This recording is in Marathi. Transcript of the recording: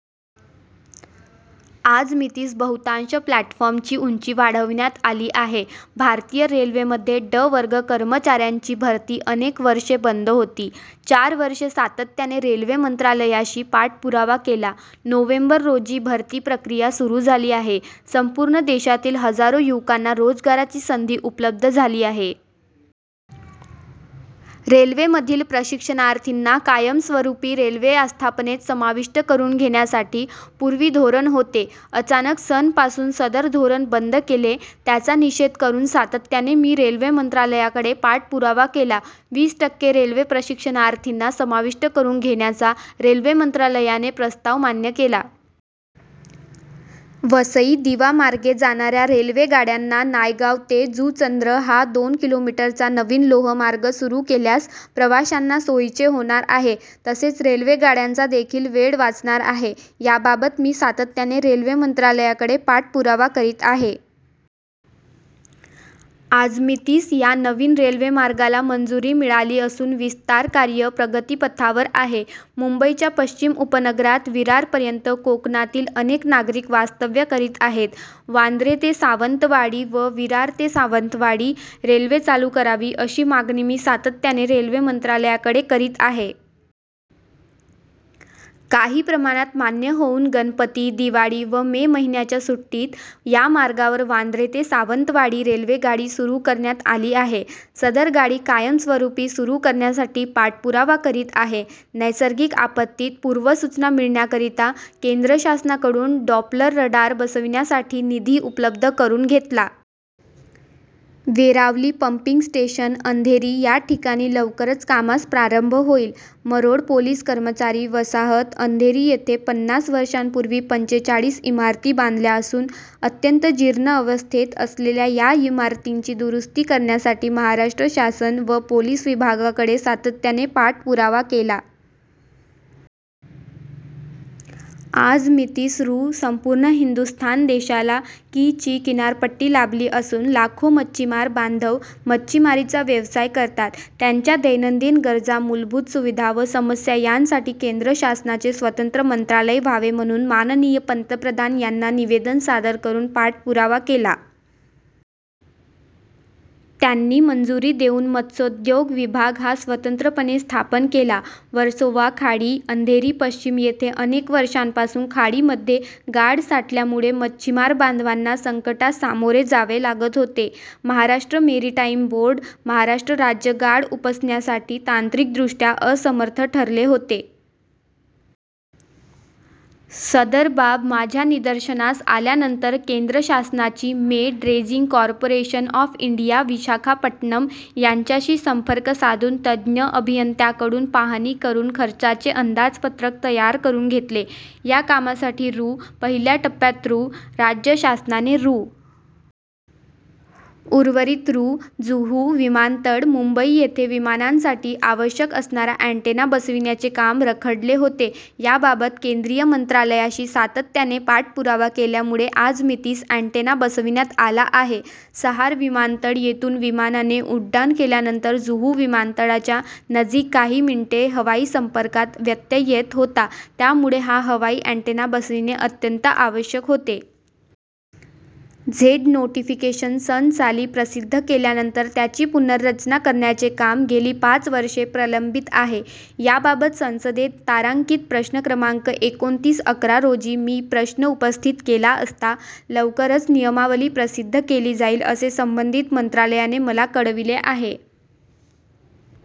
आजमितीस बहुतांश प्लॅटफॉर्मची उंची वाढविण्यात आली आहे. भारतीय रेल्वेमध्ये ड वर्ग कर्मचाऱ्यांची भरती अनेक वर्षे बंद होती. चार वर्षे सातत्याने रेल्वे मंत्रालयाशी पाठपुरावा केला. नोव्हेंबर रोजी भरती प्रक्रिया सुरू झाली आहे. संपूर्ण देशातील हजारो युवकांना रोजगाराची संधी उपलब्ध झाली आहे. रेल्वेमधील प्रशिक्षणार्थींना कायमस्वरूपी रेल्वे आस्थापनेत समाविष्ट करून घेण्यासाठी पूर्वी धोरण होते. अचानक सन पासून सदर धोरण बंद केले, त्याचा निषेध करून सातत्याने मी रेल्वे मंत्रालयाकडे पाठपुरावा केला. वीस टक्के रेल्वे प्रशिक्षणार्थींना समाविष्ट करून घेण्याचा रेल्वे मंत्रालयाने प्रस्ताव मान्य केला. वसई दिवा मार्गे जाणाऱ्या रेल्वे गाड्यांना नायगाव ते जुचंद्र हा दोन किलोमीटरचा नवीन लोहमार्ग सुरू केल्यास प्रवाशांना सोयीचे होणार आहे, तसेच रेल्वे गाड्यांचा देखील वेळ वाचणार आहे. याबाबत मी सातत्याने रेल्वे मंत्रालयाकडे पाठपुरावा करीत आहे. आजमितीस या नवीन रेल्वे मार्गाला मंजुरी मिळाली असून विस्तार कार्य प्रगतीपथावर आहे. मुंबईच्या पश्चिम उपनगरात विरारपर्यंत कोकणातील अनेक नागरिक वास्तव्य करीत आहेत. वांद्रे ते सावंतवाडी व विरार ते सावंतवाडी रेल्वे चालू करावी अशी मागणी मी सातत्याने रेल्वे मंत्रालयाकडे करीत आहे. काही प्रमाणात मान्य होऊन गणपती, दिवाळी व मे महिन्याच्या सुट्टीत या मार्गावर वांद्रे ते सावंतवाडी रेल्वे गाडी सुरू करण्यात आली आहे. सदर गाडी कायमस्वरूपी सुरू करण्यासाठी पाठपुरावा करीत आहे. नैसर्गिक आपत्तीत पूर्वसूचना मिळण्याकरिता केंद्र शासनाकडून डॉप्लर रडार बसविण्यासाठी निधी उपलब्ध करून घेतला. वेरावली पंपिंग स्टेशन, अंधेरी याठिकाणी लवकरच कामास प्रारंभ होईल. मरोळ पोलीस कर्मचारी वसाहत, अंधेरी येथे पन्नास वर्षांपूर्वी पंचेचाळीस इमारती बांधल्या असून अत्यंत जीर्ण अवस्थेत असलेल्या या इमारतींची दुरुस्ती करण्यासाठी महाराष्ट्र शासन व पोलीस विभागाकडे सातत्याने पाठपुरावा केला. आजमितीस रू. संपूर्ण हिंदुस्थान देशाला कि. ची किनारपट्टी लाभली असून लाखो मच्छीमार बांधव मच्छीमारीचा व्यवसाय करतात. त्यांच्या दैनंदिन गरजा, मूलभूत सुविधा व समस्या यासाठी केंद्र शासनाचे स्वतंत्र मंत्रालय व्हावे म्हणून मा. पंतप्रधान यांना निवेदन सादर करून पाठपुरावा केला. त्यांनी मंजुरी देऊन मत्स्योद्योग विभाग हा स्वतंत्रपणे स्थापन केला. वर्सोवा खाडी, अंधेरी पश्चिम येथे अनेक वर्षांपासून खाडीमध्ये गाळ साठल्यामुळे मच्छीमार बांधवांना संकटास सामोरे जावे लागत होते. महाराष्ट्र मेरिटाईम बोर्ड, महाराष्ट्र राज्य गाळ उपसण्यासाठी तांत्रिकदृष्ट्या असमर्थ ठरले होते. सदर बाब माझ्या निदर्शनास आल्यानंतर केंद्र शासनाची मे. Dredging corporation of India, Visakhapatnam यांच्याशी संपर्क साधून तज्ज्ञ अभियंत्यांकडून पाहणी करून खर्चाचे अंदाजपत्रक तयार करून घेतले. या कामासाठी रू. पहिल्या टप्प्यात रू. राज्य शासनाने रू. उर्वरित रू. जुहू विमानतळ, मुंबई येथे विमानांसाठी आवश्यक असणारा अँटेना बसविण्याचे काम रखडले होते. याबाबत केंद्रीय मंत्रालयाशी सातत्याने पाठपुरावा केल्यामुळे आजमितीस अँटेना बसविण्यात आला आहे. सहार विमानतळ येथून विमानाने उड्डाण केल्यानंतर जुहू विमानतळाच्या नजिक काही मिनिटे हवाई संपर्कात व्यत्यय येत होता, त्यामुळे हा हवाई अँटेना बसविणे अत्यंत आवश्यक होते. झेड नोटिफिकेशन सन साली प्रसिद्ध केल्यानंतर त्याची पुनर्रचना करण्याचे काम गेली पाच वर्षे प्रलंबित आहे. याबाबत संसदेत तारांकित प्रश्न क्र. एकोणतीस अकरा रोजी मी प्रश्न उपस्थित केला असता लवकरच नियमावली प्रसिद्ध केली जाईल असे संबंधित मंत्रालयाने मला कळविले आहे.